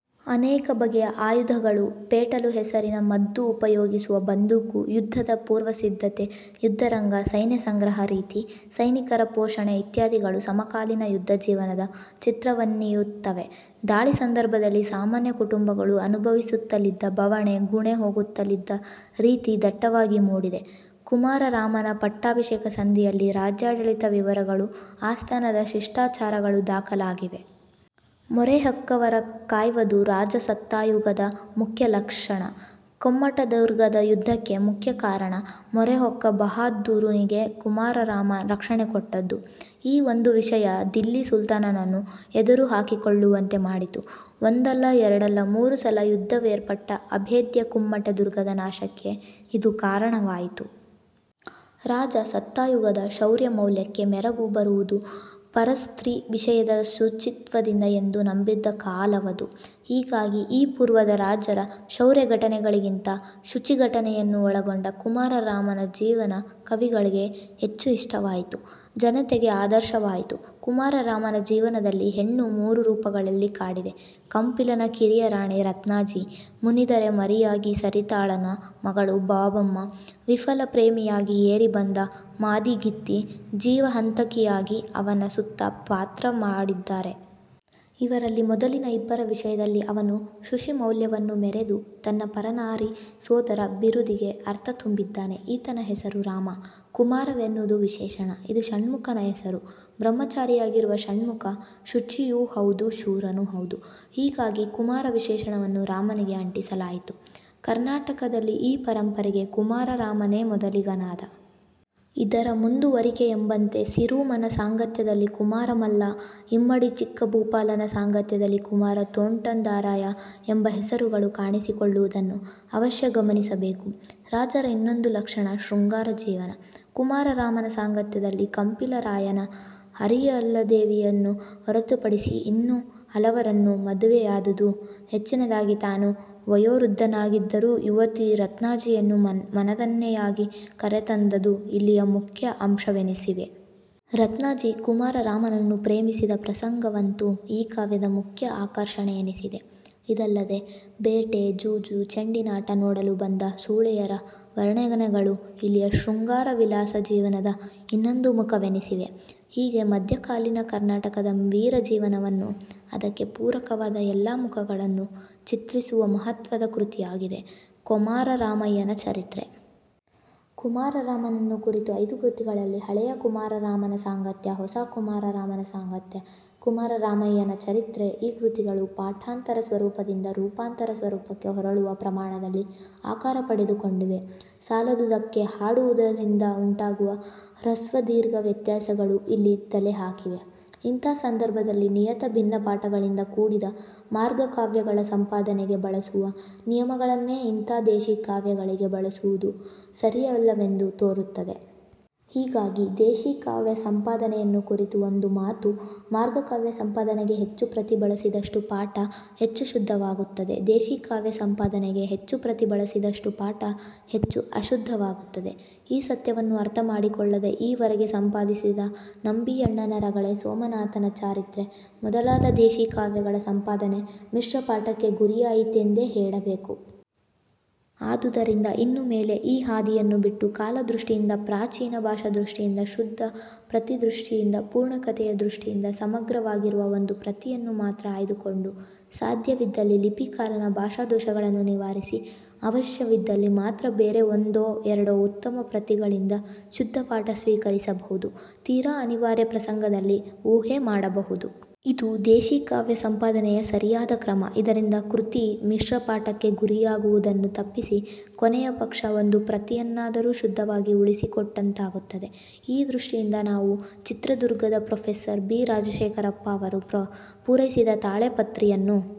ಅನೇಕ ಬಗೆಯ ಆಯುಧಗಳು, ಪೆಟಲು ಹೆಸರಿನ ಮದ್ದು ಉಪಯೋಗಿಸುವ ಬಂದೂಕು, ಯುದ್ಧದ ಪೂರ್ವಸಿದ್ಧತೆ, ಯುದ್ಧರಂಗ, ಸೈನ್ಯಸಂಗ್ರಹ ರೀತಿ, ಸೈನಿಕರ ಪೋಷಣೆ ಇತ್ಯಾದಿಗಳು ಸಮಕಾಲೀನ ಯುದ್ಧ ಜೀವನದ ಚಿತ್ರವನ್ನೀಯುತ್ತವೆ. ದಾಳಿ ಸಂದರ್ಭದಲ್ಲಿ ಸಾಮಾನ್ಯ ಕುಟುಂಬಗಳು ಅನುಭವಿಸುತ್ತಲಿದ್ದ ಬವಣೆ, ಗುಣೆ ಹೋಗುತ್ತಲಿದ್ದ ರೀತಿ ದಟ್ಟವಾಗಿ ಮೂಡಿದೆ. ಕುಮಾರರಾಮನ ಪಟ್ಟಾಭಿಷೇಕ ಸಂಧಿಯಲ್ಲಿ ರಾಜ್ಯಾಡಳಿತ ವಿವರಗಳು, ಆಸ್ಥಾನದ ಶಿಷ್ಟಾಚಾರಗಳು ದಾಖಲಾಗಿವೆ. ಮೊರೆ ಹೊಕ್ಕವರ ಕಾಯ್ವದು ರಾಜಸತ್ತಾಯುಗದ ಮುಖ್ಯ ಲಕ್ಷಣ. ಕುಮ್ಮಟದುರ್ಗದ ಯುದ್ಧಕ್ಕೆ ಮುಖ್ಯ ಕಾರಣ, ಮೊರೆ ಹೊಕ್ಕ ಬಹಾದ್ದೂರ ನಿಗೆ ಕುಮಾರರಾಮ ರಕ್ಷಣೆ ಕೊಟ್ಟುದು. ಈ ಒಂದು ವಿಷಯ ದಿಲ್ಲಿ ಸುಲ್ತಾನನ್ನು ಎದುರುಹಾಕಿಕೊಳ್ಳುವಂತೆ ಮಾಡಿತು. ಒಂದಲ್ಲ, ಎರಡಲ್ಲ, ಮೂರು ಸಲ ಯುದ್ಧವೇರ್ಪಟ್ಟು, ಅಭೇದ್ಯ ಕುಮ್ಮಟ ದುರ್ಗದ ನಾಶಕ್ಕೆ ಇದು ಕಾರಣವಾಯಿತು. ರಾಜಸತ್ತಾಯುಗದ ಶೌರ್ಯಮೌಲ್ಯಕ್ಕೆ ಮೆರಗು ಬರುವುದು ಪರಸ್ತ್ರೀ ವಿಷಯದ ಶುಚಿತ್ವದಿಂದ- ಎಂದು ನಂಬಿದ್ದ ಕಾಲವದು. ಹೀಗಾಗಿ ಈ ಪೂರ್ವದ ರಾಜರ ಶೌರ್ಯಘಟನೆಗಳಿಗಿಂತ ಶುಚಿಘಟನೆಯನ್ನೂ ಒಳಗೊಂಡ ಕುಮಾರರಾಮನ ಜೀವನ ಕವಿಗಳಿಗೆ ಹೆಚ್ಚು ಇಷ್ಟವಾಯಿತು, ಜನತೆಗೆ ಆದರ್ಶವಾಯಿತು. ಕುಮಾರರಾಮನ ಜೀವನದಲ್ಲಿ ಹೆಣ್ಣು ಮೂರು ರೂಪಗಳಲ್ಲಿ ಕಾಡಿದೆ. ಕಂಪಿಲನ ಕಿರಿಯ ರಾಣಿ ರತ್ನಾಜಿ 'ಮುನಿದರೆ ಮಾರಿಯಾಗಿ', ಸರಿತಾಳನ ಮಗಳು ಬಾಬಮ್ಮ 'ವಿಫಲ ಪ್ರೇಮಿಯಾಗಿ', ಏರಿಬಂದ ಮಾದಿಗಿತ್ತಿ 'ಜೀವಹಂತಕಿಯಾಗಿ' ಅವನ ಸುತ್ತ ಪಾತ್ರವಾಡಿದ್ದಾರೆ. ಇವರಲ್ಲಿ ಮೊದಲಿನ ಇಬ್ಬರ ವಿಷಯದಲ್ಲಿ ಅವನು ಶುಷಿಮೌಲ್ಯವನ್ನು ಮೆರೆದು, ತನ್ನ 'ಪರನಾರಿ ಸೋದರ' ಬಿರುದಿಗೆ ಅರ್ಥ ತುಂಬಿದ್ದಾನೆ. ಈತನ ಹೆಸರು ರಾಮ. 'ಕುಮಾರ'ವೆನ್ನುವುದು ವಿಶೇಷಣ. ಇದು ಷಣ್ಮುಖನ ಹೆಸರು. ಬ್ರಹ್ಮಚಾರಿಯಾಗಿರುವ ಷಣ್ಮುಖ ಶುಚಿಯೂ ಹೌದು, ಶೂರನೂ ಹೌದು. ಹೀಗಾಗಿ 'ಕುಮಾರ' ವಿಶೇಷಣವನ್ನು ರಾಮನಿಗೆ ಅಂಟಿಸಲಾಯಿತು. ಕರ್ನಾಟಕದಲ್ಲಿ ಈ ಪರಂಪರೆಗೆ ಕುಮಾರರಾಮನೇ ಮೊದಲಿಗನಾದ. ಇದರ ಮುಂದುವರಿಕೆಯೆಂಬಂತೆ ಸಿರುಮನ ಸಾಂಗತ್ಯದಲ್ಲಿ ಕುಮಾರಮಲ್ಲ, ಇಮ್ಮಡಿ ಚಿಕ್ಕಭೂಪಾಲನ ಸಾಂಗತ್ಯದಲ್ಲಿ ಕುಮಾರ ತೋಂಟದರಾಯ ಎಂಬ ಹೆಸರುಗಳು ಕಾಣಿಸಿಕೊಳ್ಳುವುದನ್ನು ಅವಶ್ಯ ಗಮನಿಸಬೇಕು. ರಾಜರ ಇನ್ನೊಂದು ಲಕ್ಷಣ 'ಶೃಂಗಾರ ಜೀವನ'. ಕುಮಾರರಾಮನ ಸಾಂಗತ್ಯದಲ್ಲಿ ಕಂಪಿಲರಾಯನು ಹರಿಯಲದೇವಿಯನ್ನು ಹೊರತುಪಡಿಸಿ, ಇನ್ನೂ ಹಲವರನ್ನು ಮದುವೆಯಾದುದು, ಹೆಚ್ಚಿನದಾಗಿ ತಾನು ವಯೋವೃದ್ಧನಾಗಿದ್ದರೂ ಯುವತಿ ರತ್ನಾಜಿಯನ್ನು ಮನದನ್ನೆಯಾಗಿ ಕರೆತಂದುದು, ಇಲ್ಲಿಯ ಮುಖ್ಯ ಅಂಶವೆನಿಸಿವೆ. ರತ್ನಾಝಿ ಕುಮಾರ ರಾಮನನ್ನು ಪ್ರೇಮಿಸಿದ ಪ್ರಸಂಗವಂತೂ ಈ ಕಾವ್ಯದ ಮುಖ್ಯ ಆಕರ್ಷಣೆಯೆನಿಸಿದೆ. ಇದಲ್ಲದೆ ಬೇಟೆ, ಜೂಜು, ಚೆಂಡಿನಾಟ ನೋಡಲು ಬಂದ ಸೂಳೆಯರ ವರ್ಣನೆಗಳು ಇಲ್ಲಿಯ ಶೃಂಗಾರ ವಿಲಾಸ ಜೀವನದ ಇನ್ನೊಂದು ಮುಖವೆನಿಸಿವೆ. ಹೀಗೆ ಮಧ್ಯಕಾಲೀನ ಕರ್ನಾಟಕದ ವೀರಜೀವನವನ್ನು, ಅದಕ್ಕೆ ಪೂರಕವಾದ ಎಲ್ಲ ಮುಖಗಳನ್ನು ಚಿತ್ರಿಸುವ ಮಹತ್ವದ ಕೃತಿಯಾಗಿದೆ, 'ಕೊಮಾರ ರಾಮಯ್ಯನ ಚರಿತ್ರೆ'. ಕುಮಾರರಾಮನನ್ನು ಕುರಿತ ಐದು ಕೃತಿಗಳಲ್ಲಿ ಹಳೆಯ ಕುಮಾರರಾಮನ ಸಾಂಗತ್ಯ, ಹೊಸ ಕುಮಾರರಾಮನ ಸಾಂಗತ್ಯ, ಕೊಮಾರರಾಮಯ್ಯನ ಚರಿತ್ರೆ- ಈ ಕೃತಿಗಳು ಪಾಠಾಂತರ ಸ್ವರೂಪದಿಂದ ರೂಪಾಂತರ ಸ್ವರೂಪಕ್ಕೆ ಹೊರಳುವ ಪ್ರಮಾಣದಲ್ಲಿ ಆಕಾರ ಪಡೆದುಕೊಂಡಿವೆ. ಸಾಲದುದಕ್ಕೆ ಹಾಡುವುದರಿಂದ ಉಂಟಾಗುವ ಹ್ರಸ್ವದೀರ್ಘ ವ್ಯತ್ಯಾಸಗಳೂ ಇಲ್ಲಿ ತಲೆಹಾಕಿವೆ. ಇಂಥ ಸಂದರ್ಭದಲ್ಲಿ ನಿಯತ ಭಿನ್ನಪಾಠಗಳಿಂದ ಕೂಡಿದ ಮಾರ್ಗ ಕಾವ್ಯಗಳ ಸಂಪಾದನೆಗೆ ಬಳಸುವ ನಿಯಮಗಳನ್ನೇ ಇಂಥ ದೇಶೀಕಾವ್ಯಗಳಿಗೆ ಬಳಸುವುದು ಸರಿಯಲ್ಲವೆಂದು ತೋರುತ್ತದೆ. ಹೀಗಾಗಿ ದೇಶೀಕಾವ್ಯ ಸಂಪಾದನೆಯನ್ನು ಕುರಿತು ಒಂದು ಮಾತು: ಮಾರ್ಗಕಾವ್ಯ ಸಂಪಾದನೆಗೆ ಹೆಚ್ಚು ಪ್ರತಿ ಬಳಸಿದಷ್ಟೂ ಪಾಠ ಹೆಚ್ಚು ಶುದ್ಧವಾಗುತ್ತದೆ. ದೇಶೀಕಾವ್ಯ ಸಂಪಾದನೆಗೆ ಹೆಚ್ಚು ಪ್ರತಿ ಬಳಸಿದ್ದಷ್ಟೂ ಪಾಠ ಹೆಚ್ಚು ಅಶುದ್ಧವಾಗುತ್ತದೆ. ಈ ಸತ್ಯವನ್ನು ಅರ್ಥಮಾಡಿಕೊಳ್ಳದೆ ಈವರೆಗೆ ಸಂಪಾದಿಸಿದ ನಂಬಿಯಣ್ಣನ ರಗಳೆ, ಸೋಮನಾಥ ಚಾರಿತ್ರ ಮೊದಲಾದ ದೇಶೀ ಕಾವ್ಯಗಳ ಸಂಪಾದನೆ ಮಿಶ್ರಪಾಠಕ್ಕೆ ಗುರಿಯಾಯಿತೆಂದೇ ಹೇಳಬೇಕು. ಆದುದರಿಂದ ಇನ್ನು ಮೇಲೆ ಈ ಹಾದಿಯನ್ನು ಬಿಟ್ಟು ಕಾಲದೃಷ್ಟಿಯಿಂದ ಪ್ರಾಚೀನ, ಭಾಷಾದೃಷ್ಟಿಯಿಂದ ಶುದ್ಧ, ಪ್ರತಿದೃಷ್ಟಿಯಿಂದ ಪೂರ್ಣ ಕಥೆಯ ದೃಷ್ಟಿಯಿಂದ ಸಮಗ್ರವಾಗಿರುವ ಒಂದು ಪ್ರತಿಯನ್ನು ಮಾತ್ರ ಆಯ್ದುಕೊಂಡು ಸಾಧ್ಯವಿದ್ದಲ್ಲಿ ಲಿಪಿಕಾರನ ಭಾಷಾದೋಷಗಳನ್ನು ನಿವಾರಿಸಿ, ಅವಶ್ಯವಿದ್ದಲ್ಲಿ ಮಾತ್ರ ಬೇರೆ ಒಂದೋ ಎರಡೋ ಉತ್ತಮ ಪ್ರತಿಗಳಿಂದ ಶುದ್ಧಪಾಠ ಸ್ವೀಕರಿಸಬಹುದು. ತೀರ ಅನಿವಾರ್ಯ ಪ್ರಸಂಗದಲ್ಲಿ ಊಹೆ ಮಾಡಬಹುದು. ಇದು ದೇಶೀಕಾವ್ಯ ಸಂಪಾದನೆಯ ಸರಿಯಾದ ಕ್ರಮ. ಇದರಿಂದ ಕೃತಿ ಮಿಶ್ರಪಾಠಕ್ಕೆ ಗುರಿಯಾಗುವುದನ್ನು ತಪ್ಪಿಸಿ, ಕೊನೆಯ ಪಕ್ಷ ಒಂದು ಪ್ರತಿಯನ್ನಾದರೂ ಶುದ್ಧವಾಗಿ ಉಳಿಸಿಕೊಟ್ಟಂತಾಗುತ್ತದೆ. ಈ ದೃಷ್ಟಿಯಿಂದ ನಾವು ಚಿತ್ರದುಗ್ಗದ ಪ್ರೊಫೆಸರ್. ಬಿ. ರಾಜಶೇಖರಪ್ಪ ಅವರು ಪೂರೈಸಿದ ತಾಳೆಪ್ರತಿಯನ್ನು